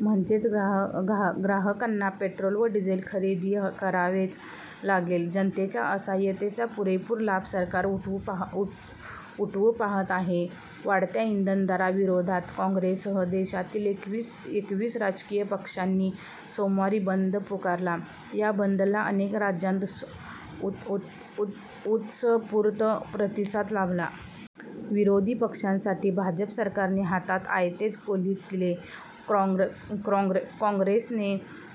म्हणजेच ग्राहकांना पेट्रोल व डिझेल खरेदी करावेच लागेल. जनतेच्या असाहय़तेचा पुरेपुर लाभ सरकार उठवू पाहत आहे. वाढत्या इंधन दराविरोधात काँग्रेससह देशातील एकवीस राजकीय पक्षांनी सोमवारी बंद पुकारला. या बंदला अनेक राज्यांत उत्स्फूर्त प्रतिसाद लाभला. विरोधी पक्षांसाठी भाजप सरकारने हातात आयतेच कोलीत दिले. काँग्रेसने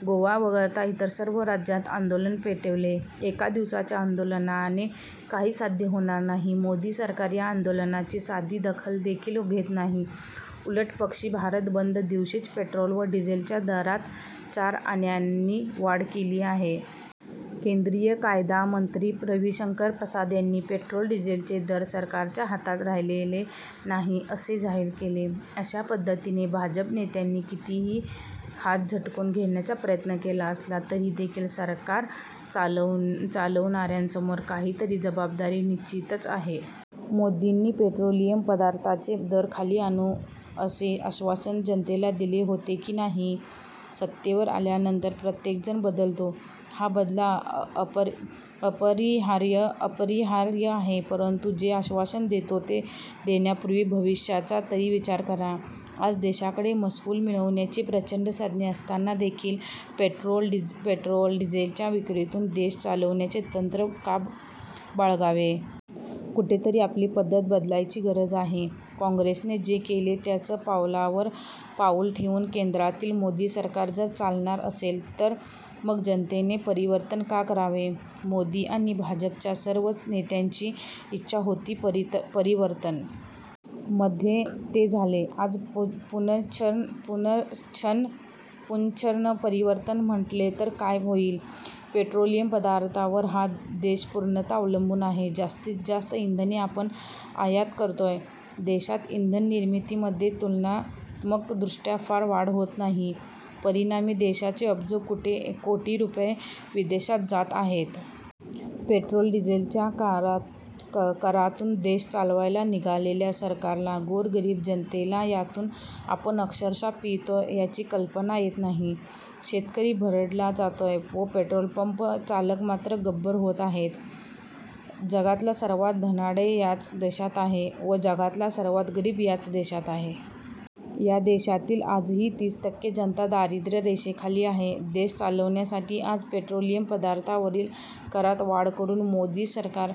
गोवा वगळता इतर सर्व राज्यांत आंदोलन पेटविले. एका दिवसाच्या आंदोलनाने काही साध्य होणार नाही. मोदी सरकार या आंदोलनाची साधी दखलदेखील घेत नाहीत. उलटपक्षी भारत बंद दिवशीच पेट्रोल व डिझेलच्या दरात चार आण्यांनी वाढ केली आहे. केंद्रीय कायदामंत्री रवीशंकर प्रसाद यांनी पेट्रोल डिझेलचे दर सरकारच्या हातात राहिलेले नाही, असे जाहीर केले. अशा पद्धतीने भाजप नेत्यांनी कितीही हात झटकून घेण्याचा प्रयत्न केला असला तरीदेखील सरकार चालविणाऱयांसमोर काहीतरी जबाबदारी निश्चितच आहे. मोदींनी पेट्रोलियम पदार्थांचे दर खाली आणू असे आश्वासन जनतेला दिले होते की नाही? सत्तेवर आल्यानंतर प्रत्येकजण बदलतो. बदल हा अपरिहार्य आहे. परंतु जे आश्वासन देतो ते देण्यापूर्वी भविष्याचा तरी विचार करा. आज देशाकडे महसूल मिळविण्याची प्रचंड साधने असताना देखील पेट्रोल, डिझेलच्या विक्रीतून देश चालविण्याचे तंत्र का बाळगावे? कुठेतरी आपली पद्धत बदलण्याची गरज आहे. काँग्रेसने जे केले त्याच पावलावर पाऊल ठेवून केंद्रातील मोदी सरकार जर चालणार असेल तर मग जनतेने परिवर्तन का करावे! मोदी अािण भाजपच्या सर्वच नेत्यांची इच्छा होती परिवर्तन! मध्ये ते झाले. आज पुनश्च परिवर्तन म्हटले तर काय होईल? पेट्रोलियम पदार्थांवर हा देश पूर्णतः अवलंबून आहे. जास्तीत जास्त इंधने आपण आयात करतोय. देशात इंधन निर्मितीमध्ये तुलनात्मकदृष्टय़ा फार वाढ होत नाही. परिणामी देशाचे अब्ज कोटी रुपये विदेशात जात आहेत. पेट्रोल डिझेलच्या करातून देश चालवायला निघालेल्या सरकारला गोरगरीब जनतेला यातून आपण अक्षरशः पिळतो याची कल्पना येत नाही. शेतकरी भरडला जातोय व पेट्रोलपंप चालक मात्र गब्बर होत आहेत. जगातला सर्वांत धनाढय़ याच देशात आहे व जगातला सर्वांत गरीब याच देशात आहे. या देशातील आजही तीस टक्के जनता दारिद्रय़ रेषेखाली आहे. देश चालविण्यासाठी आज पेट्रोलियम पदार्थांवरील करात वाढ करून मोदी सरकार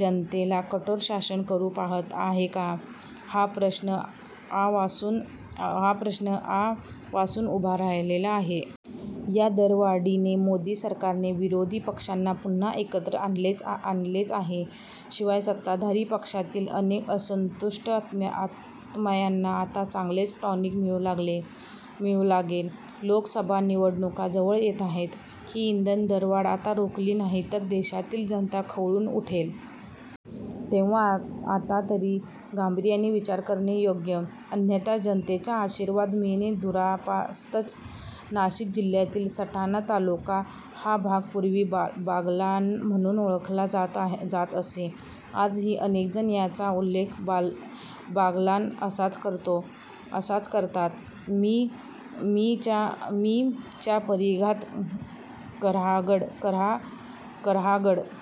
जनतेला कठोर शासन करू पाहत आहे का? हा प्रश्न आ वासून उभा राहिलेला आहे. या दरवाढीने मोदी सरकारने विरोधी पक्षांना पुन्हा एकत्र आणलेच आहे. शिवाय सत्ताधारी पक्षातील अनेक असंतुष्ट आत्म्यांना आता चांगलेच टॉनिक मिळू लागेल. लोकसभा निवडणुका जवळ येत आहेत. ही इंधन दरवाढ आता रोखली नाही तर देशातील जनता खवळून उठेल. तेव्हा आता तरी गांभीर्याने विचार करणे योग्य. अन्यथा जनतेचा आशीर्वाद मिळणे दुरापास्तच! नाशिक जिल्ह्यातील सटाणा तालुका हा भाग पुर्वी बागलाण म्हणून ओळखला जात असे. आजही अनेकजण याचा उल्लेख बागलाण असाच करतात. मी. च्या परिघात कऱ्हागड,